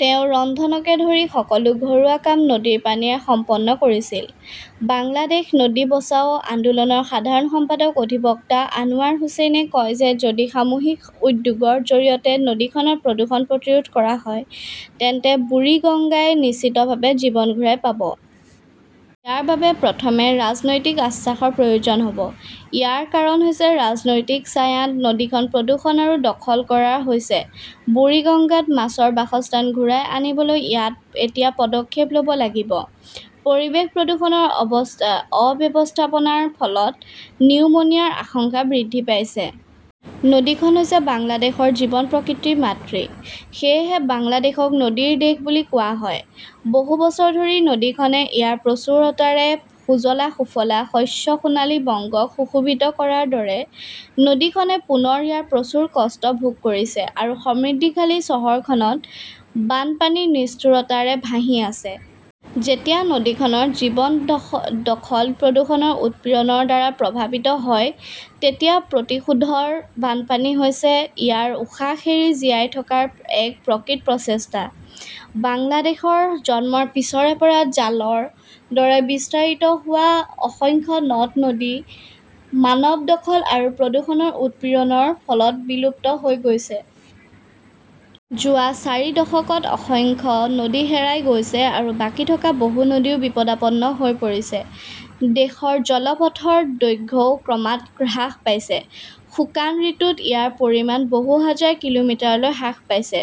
তেওঁ ৰন্ধনকে ধৰি সকলো ঘৰুৱা কাম নদীৰ পানীৰে সম্পন্ন কৰিছিল। বাংলাদেশ নদী বচাও আন্দোলনৰ সাধাৰণ সম্পাদক অধিবক্তা অনৱাৰ হুচেইনে কয় যে যদি সামূহিক উদ্যোগৰ জৰিয়তে নদীখনৰ প্ৰদূষণ প্ৰতিৰোধ কৰা হয় তেন্তে বুৰিগংগাই নিশ্চিতভাৱে জীৱন ঘূৰাই পাব। ইয়াৰ বাবে প্ৰথমে ৰাজনৈতিক আশ্বাসৰ প্ৰয়োজন হ'ব। ইয়াৰ কাৰণ হৈছে ৰাজনৈতিক ছায়াত নদীখন প্ৰদূষণ আৰু দখল কৰা হৈছে। বুৰিগাংগাত মাছৰ বাসস্থান ঘূৰাই আনিবলৈ এতিয়া পদক্ষেপ ল'ব লাগিব। পৰিৱেশ প্ৰদূষণৰ অব্যৱস্থাপনাৰ ফলত নিউমোনিয়াৰ আশংকা বৃদ্ধি পাইছে। নদীখন হৈছে বাংলাদেশৰ জীৱন-প্ৰকৃতিৰ মাতৃ। সেয়েহে বাংলাদেশক নদীৰ দেশ বুলি কোৱা হয়। বহু বছৰ ধৰি নদীখনে ইয়াৰ প্ৰচুৰতাৰে সুজলা-সুফলা শস্য-সোণালী বংগক সুশোভিত কৰাৰ দৰে, নদীখনে পুনৰ ইয়াৰ প্ৰচুৰ কষ্ট ভোগ কৰিছে আৰু সমৃদ্ধিশালী চহৰখনত বানপানীৰ নিষ্ঠুৰতাৰে ভাহি আছে। যেতিয়া নদীখনৰ জীৱন দখল-প্ৰদূষণৰ উৎপীড়নৰ দ্বাৰা প্ৰভাৱিত হয়, তেতিয়া প্ৰতিশোধৰ বানপানী হৈছে ইয়াৰ উশাহ এৰি জীয়াই থকাৰ এক প্ৰকৃত প্ৰচেষ্টা। বাংলাদেশৰ জন্মৰ পিছৰে পৰা জালৰ দৰে বিস্তাৰিত হোৱা অসংখ্য নদ-নদী মানৱ দখল আৰু প্ৰদূষণৰ উৎপীড়নৰ ফলত বিলুপ্ত হৈ গৈছে। যোৱা চাৰি দশকত অসংখ্য নদী হেৰাই গৈছে আৰু বাকী থকা বহু নদীও বিপদাপন্ন হৈ পৰিছে। দেশৰ জলপথৰ দৈৰ্ঘ্যও ক্ৰমাৎ হ্ৰাস পাইছে। শুকান ঋতুত ইয়াৰ পৰিমাণ বহু হাজাৰ কিলোমিটাৰলৈ হ্ৰাস পাইছে।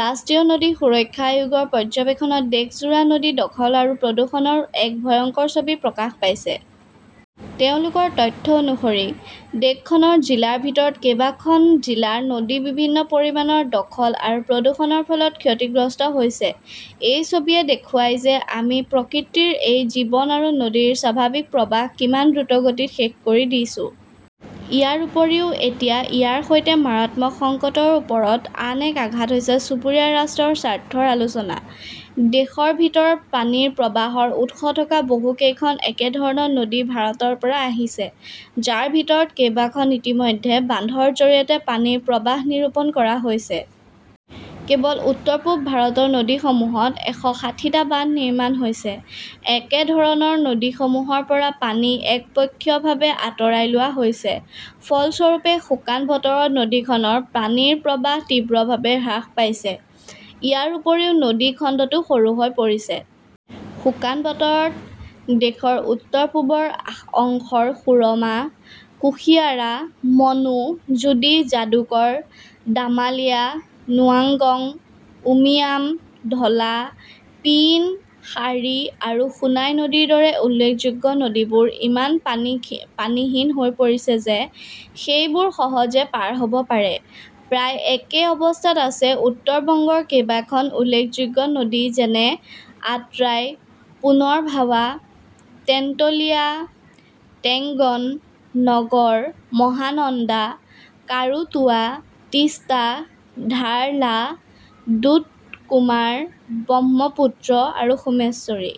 ৰাষ্ট্ৰীয় নদী সুৰক্ষা আয়োগৰ পৰ্যবেক্ষণত দেশজোৰা নদী দখল আৰু প্ৰদূষণৰ এক ভয়ংকৰ ছবি প্ৰকাশ পাইছে। তেওঁলোকৰ তথ্য অনুসৰি, দেশখনৰ জিলাৰ ভিতৰত কেইবাখন জিলাৰ নদী বিভিন্ন পৰিমাণৰ দখল আৰু প্ৰদূষণৰ ফলত ক্ষতিগ্ৰস্ত হৈছে। এই ছবিয়ে দেখুৱায় যে আমি প্ৰকৃতিৰ এই জীৱন আৰু নদীৰ স্বাভাৱিক প্ৰবাহ কিমান দ্ৰুতগতিত শেষ কৰি দিছো। ইয়াৰ উপৰিও, এতিয়া ইয়াৰ সৈতে মাৰাত্মক সংকটৰ ওপৰত আন এক আঘাত হৈছে চুবুৰীয়া ৰাষ্ট্ৰৰ স্বাৰ্থৰ আলোচনা। দেশৰ ভিতৰত পানীৰ প্ৰৱাহৰ উৎস থকা বহু কেইখন একেধৰণৰ নদী ভাৰতৰ পৰা আহিছে, যাৰ ভিতৰত কেইবাখন ইতিমধ্যে বান্ধৰ জৰিয়তে পানীৰ প্ৰৱাহ নিৰূপণ কৰা হৈছে। কেৱল উত্তৰ-পূব ভাৰতৰ নদীসমূহত একশ ষাঠিটা বান্ধ নিৰ্মাণ কৰা হৈছে। একেধৰণৰ নদীসমূহৰ পৰা পানী একপক্ষীয়ভাৱে আঁতৰাই লোৱা হৈছে। ফলস্বৰূপে, শুকান বতৰত নদীখনৰ পানীৰ প্ৰৱাহ তীব্ৰভাৱে হ্ৰাস পাইছে। ইয়াৰ উপৰিও নদী খণ্ডটো সৰু হৈ পৰিছে। শুকান বতৰত, দেশৰ উত্তৰ-পূবৰ অংশৰ সুৰমা, কুশিয়াৰা, মনু, জোডি, যাদুকৰ, দামালিয়া, নোয়াগং, উমিয়াম, ধলা, পিয়িন, শাৰী আৰু সোনাই নদীৰ দৰে উল্লেখযোগ্য নদীবোৰ ইমান পানীহীন হৈ পৰিছে যে সেইবোৰ সহজে পাৰ হ'ব পাৰে। প্ৰায় একে অৱস্থাত আছে উত্তৰ বংগৰ কেইবাখন উল্লেখযোগ্য নদী যেনে আট্ৰাই, পুনৰভাৱা, তেন্তুলিয়া, টেংগন, নগৰ, মহানন্দা, কাৰুতোৱা, তিষ্টা, ধাৰলা, দুধকুমাৰ, ব্ৰহ্মপুত্ৰ আৰু সোমেশ্বৰী।